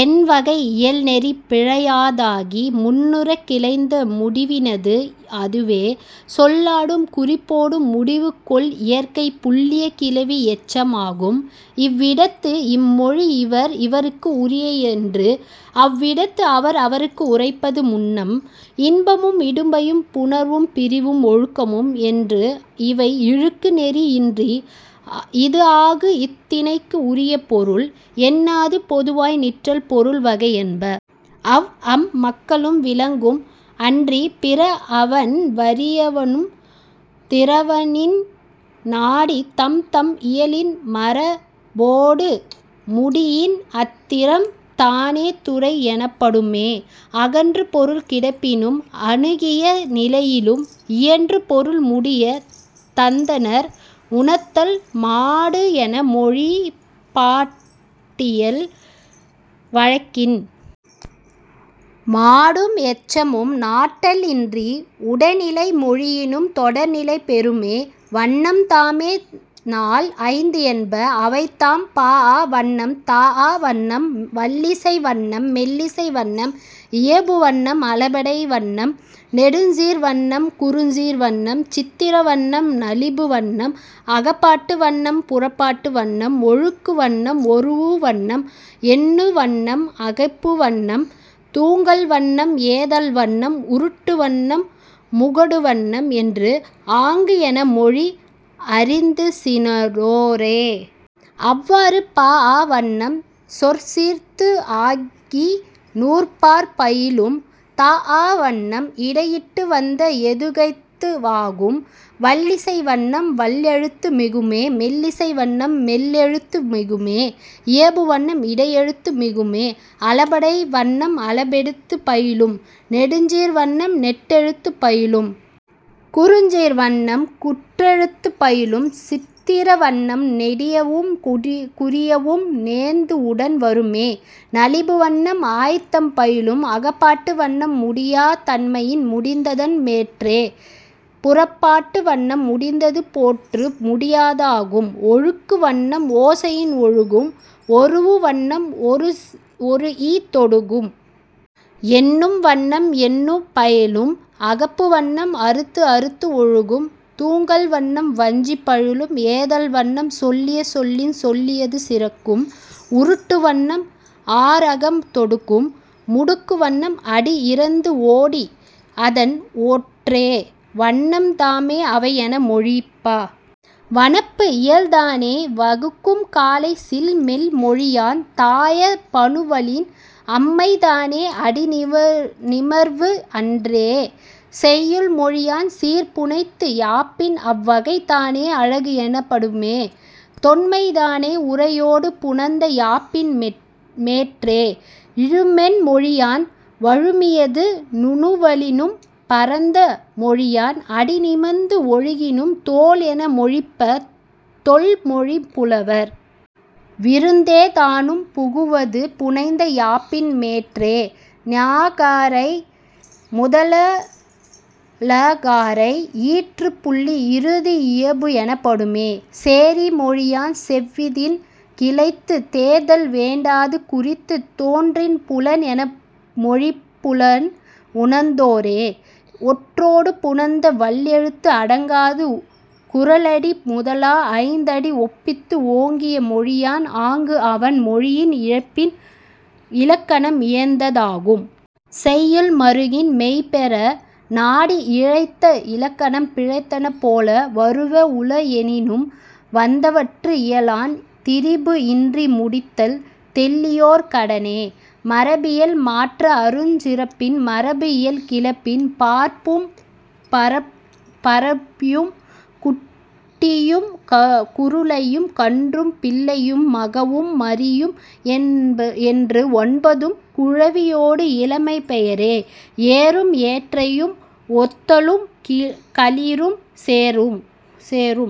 எண் வகை இயல் நெறி பிழையாதாகி முன்னுறக் கிளந்த முடிவினது அதுவே. சொல்லொடும் குறிப்பொடும் முடிவு கொள் இயற்கை புல்லிய கிளவி எச்சம் ஆகும். இவ் இடத்து இம் மொழி இவர் இவர்க்கு உரிய என்று அவ் இடத்து அவர் அவர்க்கு உரைப்பது முன்னம். இன்பமும் இடும்பையும் புணர்வும் பிரிவும் ஒழுக்கமும் என்று இவை இழுக்கு நெறி இன்றி இது ஆகு இத் திணைக்கு உரிப் பொருள் என்னாது பொதுவாய் நிற்றல் பொருள் வகை என்ப. அவ் அம் மக்களும் விலங்கும் அன்றிப் பிற அவண் வரினும் திறவதின் நாடி தம்தம் இயலின் மரபொடு முடியின் அத் திறம்தானே துறை எனப்படுமே. அகன்று பொருள் கிடப்பினும் அணுகிய நிலையினும் இயன்று பொருள் முடிய தந்தனர் உணர்த்தல் மாட்டு என மொழிப பாட்டியல் வழக்கின். மாட்டும் எச்சமும் நாட்டல் இன்றி உடனிலை மொழியினும் தொடர்நிலை பெறுமே. வண்ணம்தாமே நால் ஐந்து என்ப. அவைதாம், பாஅ வண்ணம் தாஅ வண்ணம் வல்லிசை வண்ணம் மெல்லிசை வண்ணம் இயைபு வண்ணம் அளபெடை வண்ணம் நெடுஞ்சீர் வண்ணம் குறுஞ்சீர் வண்ணம் சித்திர வண்ணம் நலிபு வண்ணம் அகப்பாட்டு வண்ணம் புறப்பாட்டு வண்ணம் ஒழுகு வண்ணம் ஒரூஉ வண்ணம் எண்ணு வண்ணம் அகைப்பு வண்ணம் தூங்கல் வண்ணம் ஏந்தல் வண்ணம் உருட்டு வண்ணம் முடுகு வண்ணம் என்று ஆங்கு என மொழிப அறிந்திசினோரே. அவற்றுள், பாஅ வண்ணம் சொற்சீர்த்து ஆகி நூற்பால் பயிலும். தாஅ வண்ணம் இடையிட்டு வந்த எதுகைத்து ஆகும். வல்லிசை வண்ணம் வல்லெழுத்து மிகுமே. மெல்லிசை வண்ணம் மெல்லெழுத்து மிகுமே. இயைபு வண்ணம் இடையெழுத்து மிகுமே. அளபெடை வண்ணம் அளபெடை பயிலும். நெடுஞ்சீர் வண்ணம் நெட்டெழுத்துப் பயிலும். குறுஞ்சீர் வண்ணம் குற்றெழுத்துப் பயிலும். சித்திர வண்ணம் நெடியவும் குறியவும் நேர்ந்து உடன் வருமே. நலிபு வண்ணம் ஆய்தம் பயிலும். அகப்பாட்டு வண்ணம் முடியாத் தன்மையின் முடிந்ததன் மேற்றே. புறப்பாட்டு வண்ணம் முடிந்தது போன்று முடியாதாகும். ஒழுகு வண்ணம் ஓசையின் ஒழுகும். ஒரூஉ வண்ணம் ஒரீஇத் தொடுக்கும். எண்ணு வண்ணம் எண்ணுப் பயிலும். அகைப்பு வண்ணம் அறுத்து அறுத்து ஒழுகும். தூங்கல் வண்ணம் வஞ்சி பயிலும். ஏந்தல் வண்ணம் சொல்லிய சொல்லின் சொல்லியது சிறக்கும். உருட்டு வண்ணம் அராகம் தொடுக்கும். முடுகு வண்ணம் அடி இறந்து ஓடி அதன் ஓரற்றே. வண்ணம்தாமே இவை என மொழிப. வனப்பு இயல்தானே வகுக்கும் காலை சில் மென் மொழியான் தாய பனுவலின் அம்மைதானே அடி நிமிர்வு இன்றே. செய்யுள் மொழியான் சீர் புனைந்து யாப்பின் அவ் வகைதானே அழகு எனப்படுமே. தொன்மைதானே உரையொடு புணர்ந்த யாப்பின் மேற்றே. இழுமென் மொழியான் விழுமியது நுவலினும் பரந்த மொழியான் அடி நிமிர்ந்து ஒழுகினும் தோல் என மொழிப தொல் மொழிப் புலவர். விருந்தேதானும் புதுவது புனைந்த யாப்பின் மேற்றே. ஞகாரை முதலா ளகாரை ஈற்றுப் புள்ளி இறுதி இயைபு எனப்படுமே. சேரி மொழியான் செவ்விதின் கிளந்து தேர்தல் வேண்டாது குறித்தது தோன்றின் புலன் என மொழிப புலன் உணர்ந்தோரே. ஒற்றொடு புணர்ந்த வல்லெழுத்து அடங்காது குறளடி முதலா ஐந்து அடி ஒப்பித்து ஓங்கிய மொழியான் ஆங்கு அவண் மொழியின் இழைபின் இலக்கணம் இயைந்ததாகும். செய்யுள் மருங்கின் மெய் பெற நாடி இழைத்த இலக்கணம் பிழைத்தன போல வருவ உள எனினும் வந்தவற்று இயலான் திரிபு இன்றி முடித்தல் தெள்ளியோர் கடனே. மரபியல் மாற்ற அருஞ் சிறப்பின் மரபு இயல் கிளப்பின் பார்ப்பும் பறழும் குட்டியும் குருளையும் கன்றும் பிள்ளையும் மகவும் மறியும் என்று ஒன்பதும் குழவியொடு இளமைப் பெயரே. ஏறும் ஏற்றையும் ஒருத்தலும் களிறும் சேவும்